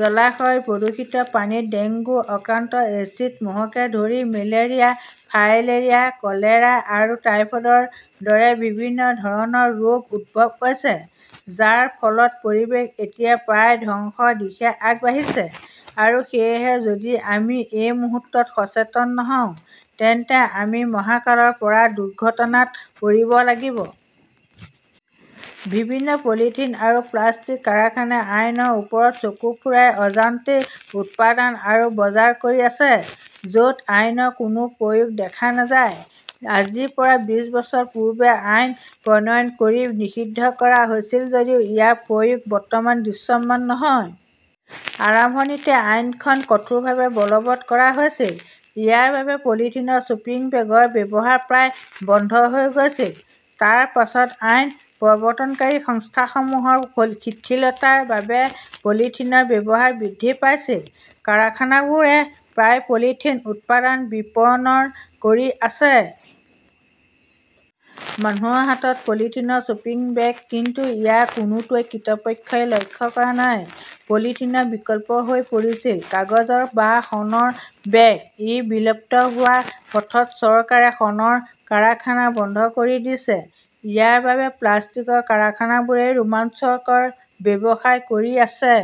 জলাশয়ৰ প্ৰদূষিত পানীত ডেংগু আক্ৰান্ত এডিছ মহকে ধৰি মেলেৰিয়া, ফাইলেৰিয়া, কলেৰা আৰু টাইফয়েডৰ দৰে বিভিন্ন ধৰণৰ ৰোগৰ উদ্ভৱ হৈছে। যাৰ ফলত পৰিৱেশ এতিয়া প্ৰায় ধ্বংসৰ দিশে আগবাঢ়িছে। আৰু সেয়েহে যদি আমি এই মুহূৰ্তত সচেতন নহওঁ, তেন্তে আমি মহাকালৰ মহা দুৰ্ঘটনাত পৰিব লাগিব। বিভিন্ন পলিথিন আৰু প্লাষ্টিক কাৰখানাই আইনৰ ওপৰত চকু ফুৰাই অজান্তেই উৎপাদন আৰু বজাৰ কৰি আছে। য'ত আইনৰ কোনো প্ৰয়োগ দেখা নাযায়। আজিৰ পৰা বিশ বছৰ পূৰ্বে আইন প্ৰণয়ন কৰি নিষিদ্ধ কৰা হৈছিল যদিও ইয়াৰ প্ৰয়োগ বৰ্তমান দৃশ্যমান নহয়। আৰম্ভণিতে আইনখন কঠোৰভাৱে বলৱৎ কৰা হৈছিল। ইয়াৰ বাবেই পলিথিনৰ শ্বপিং বেগৰ ব্যৱহাৰ প্ৰায় বন্ধ হৈ গৈছিল। তাৰ পাছত আইন প্ৰৱৰ্তনকাৰী সংস্থাসমূহৰ শিথিলতাৰ বাবে পলিথিনৰ ব্যৱহাৰ বৃদ্ধি পাইছিল। কাৰখানাবোৰে প্ৰায়ে পলিথিন উৎপাদন, বিপণন কৰি আছে। মানুহৰ হাতত পলিথিনৰ শ্বপিং বেগ। কিন্তু ইয়াৰ কোনোটোৱেই কৰ্তৃপক্ষই লক্ষ্য কৰা নাই। পলিথিনৰ বিকল্প হৈ পৰিছিল কাগজ বা শণৰ বেগ, ই বিলুপ্ত হোৱাৰ পথত। চৰকাৰে শণৰ কাৰখানা বন্ধ কৰি দিছে। ইয়াৰ বাবেই প্লাষ্টিকৰ কাৰখানাবোৰে ৰোমাঞ্চকৰ ব্যৱসায় কৰি আছে।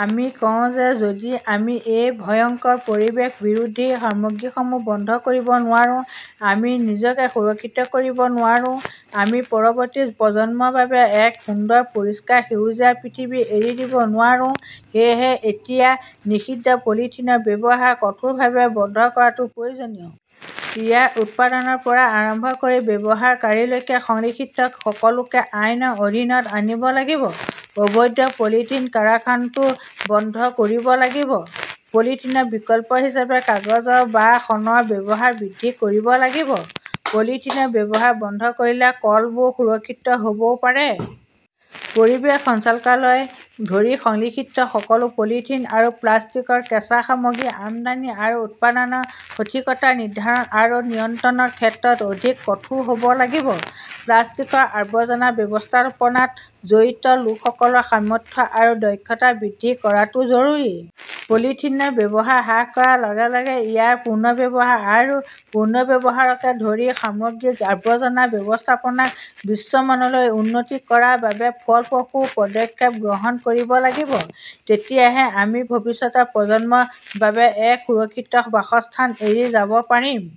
আমি যি কওঁ, যদি আমি এই ভয়ংকৰ পৰিৱেশ বিৰোধী সামগ্ৰীসমূহ বন্ধ কৰিব নোৱাৰোঁ, আমি নিজকে সুৰক্ষিত কৰিব নোৱাৰোঁ, আমি পৰৱৰ্তী প্ৰজন্মৰ বাবে এক সুন্দৰ পৰিষ্কাৰ সেউজীয়া পৃথিৱী এৰি দিব নোৱাৰোঁ। সেয়েহে এতিয়া নিষিদ্ধ পলিথিনৰ ব্যৱহাৰ কঠোৰভাৱে বন্ধ কৰাটো প্ৰয়োজনীয়। ইয়াৰ উৎপাদনৰ পৰা আৰম্ভ কৰি ব্যৱহাৰকাৰীলৈকে সংশ্লিষ্ট সকলোকে আইনৰ অধীনত আনিব লাগিব। অবৈধ পলিথিন কাৰখানাটো বন্ধ কৰিব লাগিব। পলিথিনৰ বিকল্প হিচাপে কাগজ বা শণৰ ব্যৱহাৰ বৃদ্ধি কৰিব লাগিব। পলিথিনৰ ব্যৱহাৰ বন্ধ কৰিলে কলবোৰ সুৰক্ষিত হ'ব পাৰে। পৰিৱেশ সঞ্চালকালয়কে ধৰি সংশ্লিষ্ট সকলোৱে পলিথিন আৰু প্লাষ্টিকৰ কেঁচা সামগ্ৰী আমদানি আৰু উৎপাদনৰ সঠিকতা নিৰ্ধাৰণ আৰু নিয়ন্ত্ৰণৰ ক্ষেত্ৰত অধিক কঠোৰ হ'ব লাগিব। প্লাষ্টিকৰ আৱৰ্জনা ব্যৱস্থাপনাত জড়িত লোকসকলৰ সামৰ্থ্য আৰু দক্ষতা বৃদ্ধি কৰাটো জৰুৰী। পলিথিনৰ ব্যৱহাৰ হ্ৰাস কৰাৰ লগে লগে ইয়াৰ পুনৰ্ব্যৱহাৰ আৰু পুনৰ্ব্যৱহাৰকে ধৰি সামগ্ৰিক আৱৰ্জনা ব্যৱস্থাপনাক বিশ্বমানলৈ উন্নীত কৰাৰ বাবে ফলপ্ৰসূ পদক্ষেপ গ্ৰহণ কৰিব লাগিব। তেতিয়াহে আমি ভৱিষ্যতৰ প্ৰজন্মৰ বাবে এক সুৰক্ষিত বাসস্থান এৰি যাব পাৰিম।